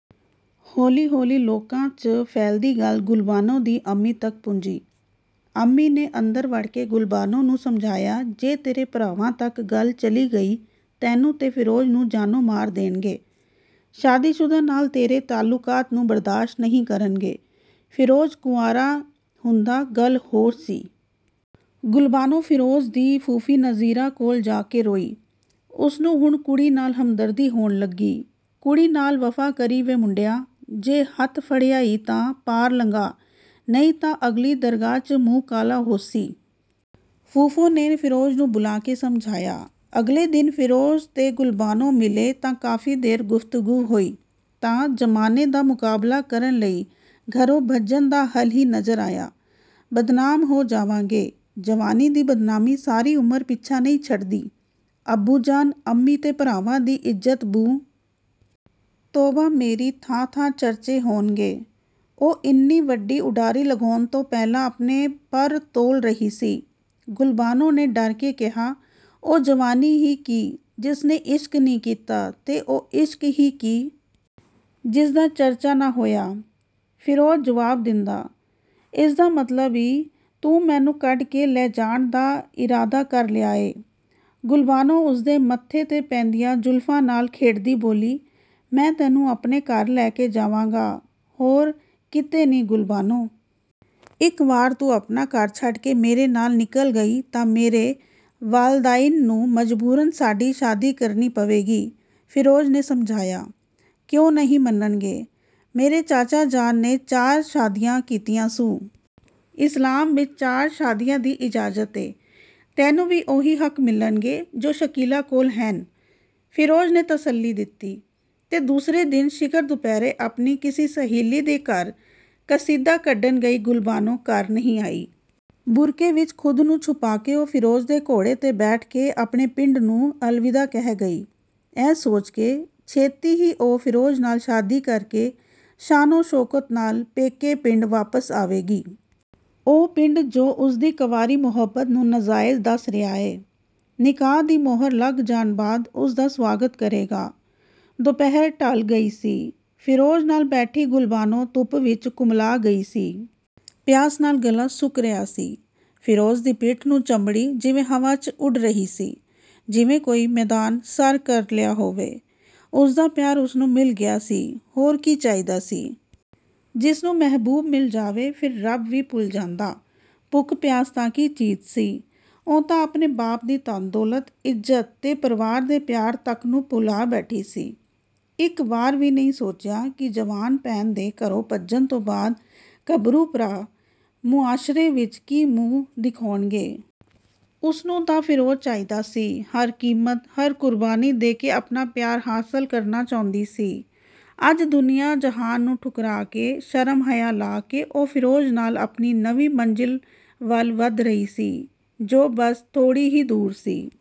ਹੌਲੀ ਹੌਲੀ ਲੋਕਾਂ, ਚ' ਫੈਲਦੀ ਗੱਲ ਗੁਲਬਾਨੋ ਦੀ ਅੰਮੀ ਤੱਕ ਪੁੱਜੀ। ਅੰਮੀ ਨੇ ਅੰਦਰ ਵੜਕੇ ਗੁਲਬਾਨੋ ਨੂੰ ਸਮਝਾਇਆ ਜੇ ਤੇਰੇ ਭਰਾਵਾਂ ਤੱਕ ਗੱਲ ਚਲੀ ਗਈ ਤੈਨੂੰ ਤੇ ਫਿਰੋਜ਼ ਨੂੰ ਜਾਨੋ ਮਾਰ ਦੇਣਗੇ। ਸ਼ਾਦੀਸ਼ੁਦਾ ਨਾਲ ਤੇਰੇ ਤਅਲੁਕਾਤ ਨੂੰ ਬਰਦਾਸ਼ਤ ਨਹੀ ਕਰਨਗੇ, ਫਿਰੋਜ਼ ਕੁਆਰਾ ਹੁੰਦਾ ਗੱਲ ਹੋਰ ਸੀ। ਗੁਲਬਾਨੋ, ਫਿਰੋਜ਼ ਦੀ ਫੂਫੀ ਨਜ਼ੀਰਾਂ ਕੋਲ ਜਾ ਕੇ ਰੋਈ। ਉਸ ਨੂੰ ਹੁਣ ਕੁੜੀ ਨਾਲ ਹਮਦਰਦੀ ਹੋਣ ਲੱਗੀ। "ਕੁੜੀ ਨਾਲ ਵਫ਼ਾ ਕਰੀ ਵੇ ਮੁੰਡਿਆ, ਜੇ ਹੱਥ ਫੜਿਆ ਈ ਤਾਂ ਪਾਰ ਲੰਘਾ ਨਹੀ ਤਾਂ ਅਗਲੀ ਦਰਗਾਹ, ਚ' ਮੂੰਹ ਕਾਲਾ ਹੋਸੀ".. ਫੂਫੋ ਨੇ ਫਿਰੋਜ਼ ਨੂੰ ਬੁਲਾ ਕੇ ਸਮਝਾਇਆ। ਅਗਲੇ ਦਿਨ ਫਿਰੋਜ਼ ਤੇ ਗੁਲਬਾਨੋ ਮਿਲੇ ਤਾਂ ਕਾਫੀ ਦੇਰ ਗੁਫਤਗੂ ਹੋਈ ਤਾਂ…. ਜ਼ਮਾਨੇ ਦਾ ਮੁਕਾਬਲਾ ਕਰਨ ਲਈ ਘਰੋ ਭੱਜਣ ਦਾ ਹੱਲ ਹੀ ਨਜ਼ਰ ਆਇਆ। "ਬਦਨਾਮ ਹੋ ਜਾਵਾਂਗੇ"… ਜਵਾਨੀ ਦੀ ਬਦਨਾਮੀ ਸਾਰੀ ਉਮਰ ਪਿੱਛਾ ਨਹੀ ਛੱਡਦੀ, ਅੱਬੂ ਜਾਨ, ਅੰਮੀ ਤੇ ਭਰਾਵਾਂ ਦੀ ਇੱਜਤ ਬੂ"…. ਤੋਬਾ ਮੇਰੀ ਥਾਂ ਥਾਂ ਚਰਚੇ ਹੋਣਗੇ। ਉਹ ਇੰਨੀ ਵੱਡੀ ਉਡਾਰੀ ਲਗਾਉਣ ਤੋਂ ਪਹਿਲਾਂ ਆਪਣੇ ਪਰ ਤੋਲ ਰਹੀ ਸੀ…. ਗੁਲਬਾਨੋ ਨੇ ਡਰ ਕੇ ਕਿਹਾ.. "ਉਹ ਜਵਾਨੀ ਹੀ ਕੀ ਜਿਸ ਨੇ ਇਸ਼ਕ ਨੀ ਕੀਤਾ ਤੇ ਉਹ ਇਸ਼ਕ ਹੀ ਕੀ.. ਜਿਸ ਦਾ ਚਰਚਾ ਨਾ ਹੋਇਆ.. ਫਿਰੋਜ਼ ਜੁਵਾਬ ਦਿੰਦਾ। ਇਸ ਦਾ ਮਤਲਬ ਈ, ਤੂੰ ਮੈਨੂੰ ਕੱਢ ਕੇ ਲੈ ਜਾਣ ਦਾ ਇਰਾਦਾ ਕਰ ਲਿਆ ਏ..! ਗੁਲਬਾਨੋ ਉਸਦੇ ਮੱਥੇ ਤੇ ਪੈਂਦੀਆਂ ਜ਼ੁਲਫ਼ਾ ਨਾਲ ਖੇਡਦੀ ਬੋਲੀ… "ਮੈਂ ਤੈਨੂੰ ਆਪਣੇ ਘਰ ਲੈ ਕੇ ਜਾਵਾਂਗਾ ਹੋਰ ਕਿਤੇ ਨੀ ਗੁਲਬਾਨੋ"….. ਇੱਕ ਵਾਰ ਤੂੰ ਆਪਣਾ ਘਰ ਛੱਡਕੇ ਮੇਰੇ ਨਾਲ ਨਿਕਲ ਗਈ ਤਾਂ ਮੇਰੇ ਵਾਲਦਾਇਨ ਨੂੰ ਮਜਬੂਰਨ ਸਾਡੀ ਸ਼ਾਦੀ ਕਰਨੀ ਪਵੇਗੀ.. ਫਿਰੋਜ਼ ਨੇ ਸਮਝਾਇਆ। "ਕਿਉ ਨਹੀ ਮੰਨਣਗੇ..! ਮੇਰੇ ਚਾਚਾ ਜਾਨ ਨੇ ਚਾਰ ਸ਼ਾਦੀਆ ਕੀਤੀਆ ਸੂ। ਇਸਲਾਮ ਵਿੱਚ ਚਾਰ ਸ਼ਾਦੀਆ ਦੀ ਇਜ਼ਾਜਤ ਏ। ਤੈਨੂੰ ਵੀ ਉਹੀ ਹੱਕ ਮਿਲਣਗੇ ਜੋ ਸ਼ਕੀਲਾ ਕੋਲ ਹੈਨ.. ਫਿਰੋਜ਼ ਨੇ ਤਸੱਲੀ ਦਿਤੀ। ਤੇ ਦੂਸਰੇ ਦਿਨ ਸਿਖਰ ਦੁਪਹਿਰੇ ਆਪਣੀ ਕਿਸੇ ਸਹੇਲੀ ਦੇ ਘਰ ਕਸੀਦਾ ਕੱਢਣ ਗਈ ਗੁਲਬਾਨੋ ਘਰ ਨਹੀ ਆਈ। ਬੁਰਕੇ ਵਿੱਚ ਖ਼ੁਦ ਨੂੰ ਛੁਪਾਕੇ ਉਹ ਫਿਰੋਜ਼ ਦੇ ਘੋੜੇ ਤੇ ਬੈਠ ਆਪਣੇ ਪਿੰਡ ਨੂੰ ਅਲਵਿਦਾ ਕਹਿ ਗਈ। ਇਹ ਸੋਚ ਕੇ, ਛੇਤੀ ਹੀ ਉਹ ਫਿਰੋਜ਼ ਨਾਲ ਸ਼ਾਦੀ ਕਰਕੇ.. ਸ਼ਾਨੋ-ਸ਼ੌਕਤ ਨਾਲ ਪੇਕੇ ਪਿੰਡ ਵਾਪਸ ਆਵੇਗੀ। ਉਹ ਪਿੰਡ, ਜੋ ਉਸਦੀ ਕੰਵਾਰੀ ਮੁਹੱਬਤ ਨੂੰ ਨਜ਼ਾਇਜ ਦੱਸ ਰਿਹਾ ਏ, ਨਿਕਾਹ ਦੀ ਮੋਹਰ ਲੱਗ ਜਾਣ ਬਾਅਦ ਉਸ ਦਾ ਸੁਆਗਤ ਕਰੇਗਾ। ਦੁਪਹਿਰ ਢਲ ਗਈ ਸੀ, ਫਿਰੋਜ਼ ਨਾਲ ਬੈਠੀ ਗੁਲਬਾਨੋ ਧੁੱਪ ਵਿੱਚ ਕੁਮਲਾ ਗਈ ਸੀ। ਪਿਆਸ ਨਾਲ ਗਲਾ ਸੁੱਕ ਰਿਹਾ ਸੀ। ਫਿਰੋਜ਼ ਦੀ ਪਿੱਠ ਨੂੰ ਚੰਬੜੀ, ਜਿਵੇ ਹਵਾ, ਚ' ਉਡ ਰਹੀ ਸੀ। ਜਿਵੇ ਕੋਈ ਮੈਦਾਨ ਸਰ ਕਰ ਲਿਆ ਹੋਵੇ। ਉਸਦਾ ਪਿਆਰ ਉਸਨੂੰ ਮਿਲ ਗਿਆ ਸੀ, ਹੋਰ ਕੀ ਚਾਹੀਦਾ ਸੀ। ਜਿਸ ਨੂੰ ਮਹਿਬੂਬ ਮਿਲ ਜਾਵੇ ਫਿਰ ਰੱਬ ਵੀ ਭੁੱਲ ਜਾਂਦਾ। ਭੁੱਖ-ਪਿਆਸ ਤਾਂ ਕੀ ਚੀਜ਼ ਸੀ, ਉਹ ਤਾਂ ਆਪਣੇ ਬਾਪ ਦੀ ਧਨ-ਦੌਲਤ, ਇੱਜਤ ਤੇ ਪ੍ਰਵਾਰ ਦੇ ਪਿਆਰ ਤੱਕ ਨੂੰ ਭੁਲਾ ਬੈਠੀ ਸੀ। ਇੱਕ ਵਾਰ ਵੀ ਨਹੀ ਸੋਚਿਆਕਿ ਜਵਾਨ ਭੈਣ ਦੇ ਘਰੋ ਭੱਜਣ ਤੋਂ ਬਾਅਦ ਗੱਭਰੂ ਭਰਾ ਮੁਆਸ਼ਰੇ ਵਿੱਚ ਕੀ ਮੂੰਹ ਦਿਖਾਉਣਗੇ। ਉਸਨੂੰ ਤਾਂ ਫਿਰੋਜ਼ ਚਾਹੀਦਾ ਸੀ, ਹਰ ਕੀਮਤ, ਹਰ ਕੁਰਬਾਨੀ ਦੇ ਕੇ ਆਪਣਾ ਪਿਆਰ ਹਾਸ਼ਲ ਕਰਨਾ ਚਹੁੰਦੀ ਸੀ। ਅੱਜ ਦੁਨੀਆ ਜਹਾਨ ਨੂੰ ਠੁਕਰਾ ਕੇ ਸ਼ਰਮ-ਹਯਾ ਲਾਹ ਕੇ ਉਹ ਫਿਰੋਜ਼ ਨਾਲ ਆਪਣੀ ਨਵੀ ਮੰਜ਼ਿਲ ਵੱਲ ਵੱਧ ਰਹੀ ਸੀ, ਜੋ ਬਸ ਥੋੜ੍ਹੀ ਹੀ ਦੂਰ ਸੀ।